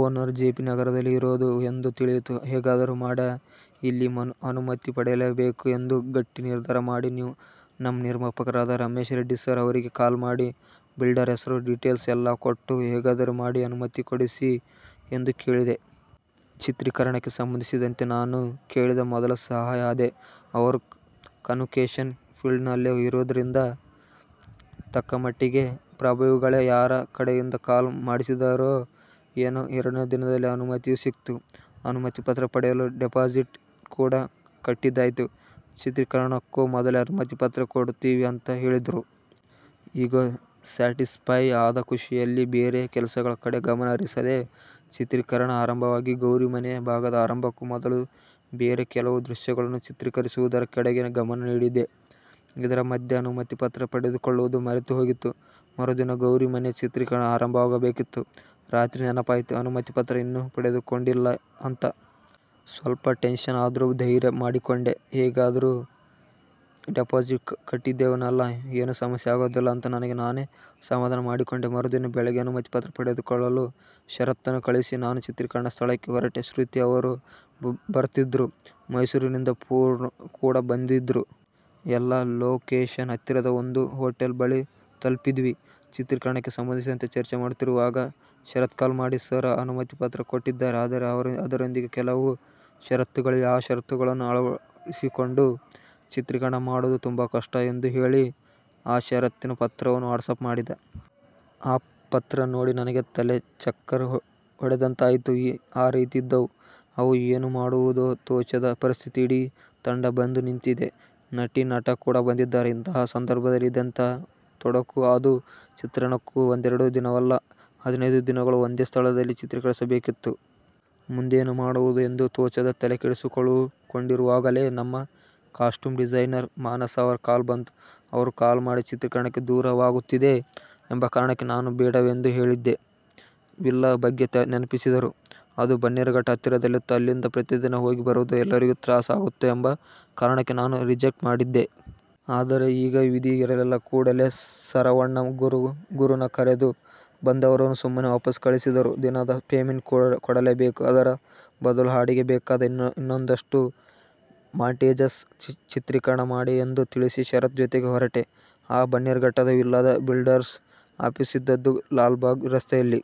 Owner J P ನಗರದಲ್ಲಿ ಇರೋದು ಎಂದು ತಿಳಿಯಿತು. ಹೇಗಾದರು ಮಾಡಿ ಇಲ್ಲಿ ಅನುಮತಿ ಪಡೆಯಲೇಬೇಕು ಎಂದು ಗಟ್ಟಿ ನಿರ್ಧಾರ ಮಾಡಿ, ನಮ್ ನಿರ್ಮಾಪಕರಾದ ರಮೇಶ್ ರೆಡ್ಡಿ ಸರ್ ಅವರಿಗೆ ಕಾಲ್ ಮಾಡಿ, ಬಿಲ್ಡರ್ ಹೆಸರು ಡಿಟೇಲ್ಸ್ ಎಲ್ಲಾ ಕೊಟ್ಟು, ಹೇಗಾದರು ಮಾಡಿ ಅನುಮತಿ ಕೊಡಿಸಿ ಎಂದು ಕೇಳಿದೆ. ಚಿತ್ರೀಕರಣಕ್ಕೆ ಸಂಬಂಧಿಸಿದಂತೆ ನಾನು ಕೇಳಿದ ಮೊದಲ ಸಹಾಯ ಅದೇ. ಅವರು ಕನ್ಸ್ಟ್ರ ಕ್ಷನ್ ಫೀಲ್ಡಲ್ಲೇ ಇರೋದ್ರಿಂದ ತಕ್ಕಮಟ್ಟಿಗೆ ಪ್ರಭಾವಿಗಳೇ. ಯಾರ ಕಡೆಯಿಂದ ಕಾಲ್ ಮಾಡಿಸಿದರೋ ಏನೋ ಎರಡೇ ದಿನದಲ್ಲಿ ಅನುಮತಿಯೂ ಸಿಕ್ತು, ಅನುಪತಿ ಪತ್ರ ಪಡೆಯಲು ಡೆಪಾಸಿಟ್ ಕೂಡ ಕಟ್ಟಿದ್ದಾಯ್ತು. ಚಿತ್ರೀಕರಣಕ್ಕೊ ಮೊದಲೇ ಅನುಮತಿ ಪತ್ರ ಕೊಡ್ತೀವಿ ಅಂತ ಹೇಳಿದ್ರು. ಇಗೋ ಸ್ಯಾಟಿಸ್ಫೈ ಆದ ಖುಷಿಯಲ್ಲಿ ಬೇರೆ ಕೆಲಸಗಳ ಕಡೆ ಗಮನ ಹರಿಸಿದೆ. ಚಿತ್ರೀಕರಣ ಆರಂಭವಾಗಿ ಗೌರಿ ಮನೆಯ ಭಾಗದ ಆರಂಭಕ್ಕೂ ಮೊದಲು ಬೇರೆ ಕೆಲವು ದೃಶ್ಯಗಳನ್ನು ಚಿತ್ರೀಕರಿಸುವುದರ ಕಡೆಗೆ ಗಮನ ನೀಡಿದ್ದೆ. ಇದರ ಮಧ್ಯೆ ಅನುಮತಿ ಪತ್ರ ಪಡೆದುಕೊಳ್ಳುವುದು ಮರೆತೇ ಹೋಗಿತ್ತು. ಮರುದಿನ ಗೌರಿ ಮನೆಯ ಚಿತ್ರೀಕರಣ ಆರಂಭವಾಗಬೇಕಿತ್ತು, ರಾತ್ರಿ ನೆನಪಾಯ್ತು ಅನುಮತಿ ಪತ್ರ ಇನ್ನೂ ಪಡೆದುಕೊಂಡಿಲ್ಲಾ ಅಂತ. ಸ್ವಲ್ಪ ಟೆನ್ಷನ್ ಆದ್ರು ಧೈರ್ಯ ಮಾಡಿಕೊಂಡೆ. ಹೇಗಿದ್ರು ಡೆಪಾಸಿಟ್ ಕಟ್ಟಿದ್ದೀವಲ್ಲಾ, ಏನೂ ಸಮಸ್ಯೆ ಆಗೋದಿಲ್ಲ ಅಂತ ನನಗೆ ನಾನೇ ಸಮಾಧಾನ ಮಾಡಿಕೊಂಡೆ. ಮರುದಿನ ಬೆಳಿಗ್ಗೆ ಅನುಮತಿ ಪತ್ರ ಪಡೆದುಕೊಳ್ಳಲು ಶರತ್ನನ್ನು ಕಳಿಸಿ, ನಾನು ಚಿತ್ರೀಕರಣದ ಸ್ಥಳಕ್ಕೆ ಹೊರಟೆ. ಶೃತಿ ಅವರೂ ಬರ್ತಿದ್ರು. ಮೈಸೂರಿನಿಂದ ಪೂರ್ಣ ಕೂಡ ಬಂದಿದ್ರು. ಎಲ್ಲಾ ಲೋಕೇಶನ್ ಹತ್ತಿರದ ಒಂದು ಹೋಟೆಲ್ ಬಳಿ ತಲುಪಿದ್ವಿ. ಚಿತ್ರೀಕರಣಕ್ಕೆ ಸಂಬಂಧಿಸಿದಂತೆ ಚರ್ಚೆ ಮಾಡುತ್ತಿರುವಾಗ ಶರತ್ಕಾಲ್ ಮಾಡಿ, ಸರ್ ಅನುಮತಿ ಪತ್ರ ಕೊಟ್ಟಿದ್ದಾರೆ. ಆದರೆ ಅದರೊಂದಿಗೆ ಕೆಲವು ಶರತ್ತುಗಳಿವೆ. ಆ ಶರತ್ತುಗಳನ್ನು ಅಳವಡಿಸಿಕೊಂಡು ಚಿತ್ರೀಕರಣ ಮಾಡೋದು ತುಂಬಾ ಕಷ್ಟ ಎಂದು ಹೇಳಿ, ಆ ಶರತ್ತಿನ ಪತ್ರವನ್ನು ವಾಟ್ಸಪ್ ಮಾಡಿದ. ಆ ಪತ್ರ ನೋಡಿ ನನಗೆ ತಲೆ ಚಕ್ಕರ್ ಹೊಡೆದಂತಾಯಿತು. ಆ ರೀತಿ ಇದ್ದವು ಅವು. ಏನು ಮಾಡುವುದೋ ತೋಚದ ಪರಿಸ್ಥಿತಿ ಇಡೀ ತಂಡ ಬಂದು ನಿಂತಿದೆ. ನಟಿ-ನಟ ಕೂಡ ಬಂದಿದ್ದಾರೆ. ಇಂತಹ ಸಂದರ್ಭದಲ್ಲಿ ಇದೆಂತಹ ತೊಡಕು. ಅದೂ ಚಿತ್ರೀಕರಣ ಒಂದೆರೆಡು ದಿನವಲ್ಲಾ. ಹದಿನೈದು ದಿನಗಳು ಒಂದೇ ಸ್ಥಳದಲ್ಲಿ ಚಿತ್ರೀಕರಿಸಬೇಕಿತ್ತು. ಮುಂದೇನು ಮಾಡುವುದು ಎಂದು ತೋಚದೆ ತಲೆಕೆಡಿಸ್ಕೊಂಡಿರುವಾಗಲೇ ನಮ್ಮ ಕಾಸ್ಟ್ಯೂಮ್ ಡಿಸೈನರ್ ಮಾನಸ ಅವರ ಕಾಲ್ ಬಂತು. ಅವರು ಕಾಲ್ ಮಾಡಿ, ಚಿತ್ರೀಕರಣಕ್ಕೆ ದೂರವಾಗುತ್ತದೆ ಎಂಬ ಕಾರಣಕ್ಕೆ ನಾನು ಬೇಡವೆಂದು ಹೇಳಿದ್ದ ವಿಲ್ಲಾ ಬಗ್ಗೆ ನೆನಪಿಸಿದರು. ಅದು ಬನ್ನೇರುಘಟ್ಟ ಹತ್ತಿರದಲ್ಲಿತ್ತು. ಅಲ್ಲಿಂದ ಪ್ರತಿದಿನ ಹೋಗಿ ಬರುವುದು ಎಲ್ಲರಿಗು ತ್ರಾಸ ಆಗುತ್ತೆ ಎಂಬ ಕಾರಣಕ್ಕೆ ನಾನು ರಿಜೆಕ್ಟ್ ಮಾಡಿದ್ದೆ. ಆದರೆ ಈಗ ವಿಧಿ ಇರಲಿಲ್ಲ. ಕೂಡಲೇ ಸರವಣ ಗುರುನ ಕರೆದು, ಬಂದವರನ್ನು ಸುಮ್ಮನೆ ವಾಪಸ್ಸು ಕಳಿಸಿದರೂ ದಿನದ ಪೇಮೆಂಟ್ ಕೊಡಲೇಬೇಕು. ಅದರ ಬದಲು, ಹಾಡಿಗೆ ಬೇಕಾದ ಇನ್ನೊಂದಷ್ಟು ಮಾಂಟೇಜಸ್ ಚಿತ್ರೀಕರಣ ಮಾಡಿ ಎಂದು ತಿಳಿಸಿ, ಶರತ್ ಜೊತೆಗೆ ಹೊರಟೆ, ಆ ಬನ್ನೇರುಘಟ್ಟದ ವಿಲ್ಲಾದ ಬಿಲ್ಡರ್ಸ್ ಆಫೀಸು ಇದ್ದದ್ದು, ಲಾಲ್ ಬಾಗ್ ರಸ್ತೆಯಲ್ಲಿ.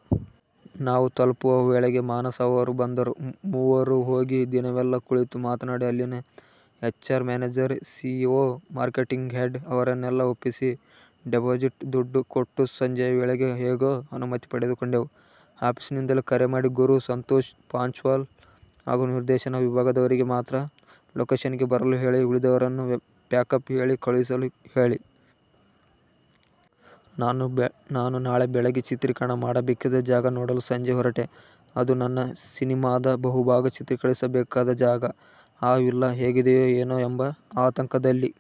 ನಾವು ತಲುಪುವ ವೇಳೆಗೆ ಮಾನಸ ಅವರೂ ಬಂದರು. ಮೂವರೂ ಹೋಗಿ, ದಿನವೆಲ್ಲಾ ಕುಳಿತು, ಮಾತನಾಡಿ, ಅಲ್ಲಿನ H R, manager, CEO, marketing head ಅವರನ್ನೆಲ್ಲಾ ಒಪ್ಪಿಸಿ, ಡೆಪಾಸಿಟ್ ದುಡ್ದು ಕೊಟ್ಟು ಸಂಜೆಯ ವೇಳೆಗೆ ಹೇಗೋ ಅನುಮತಿ ಪಡೆದುಕೊಂಡೆವು. ಆಫೀಸಿಂದಲೇ ಕರೆ ಮಾಡಿ, ಗುರು, ಸಂತೋಷ್ ಪಾಂಚಾಲ್ ಹಾಗೂ ನಿರ್ದೇಶನ ವಿಭಾಗದವರಿಗೆ ಮಾತ್ರ ಲೊಕೇಷನ್ಗೆ ಬರಲು ಹೇಳಿ, ಉಳಿದವರನ್ನು ಪ್ಯಾಕಪ್ ಹೇಳಿ ಕಳುಹಿಸಲು ಹೇಳಿ. ನಾನು ನಾಳೆ ಬೆಳಗ್ಗೆ ಚಿತ್ರೀಕರಣ ಮಾಡಬೇಕಿದ್ದ ಜಾಗ ನೋಡಲು ಸಂಜೆ ಹೊರಟೆ. ಅದೂ ನನ್ನ ಸಿನೆಮಾದ ಬಹುಭಾಗ ಚಿತ್ರೀಕರಿಸಬೇಕಾದ ಜಾಗ. ಆ ವಿಲ್ಲಾ ಹೇಗಿದೆಯೋ ಏನೋ ಎಂಬ ಆತಂಕದಲ್ಲಿ.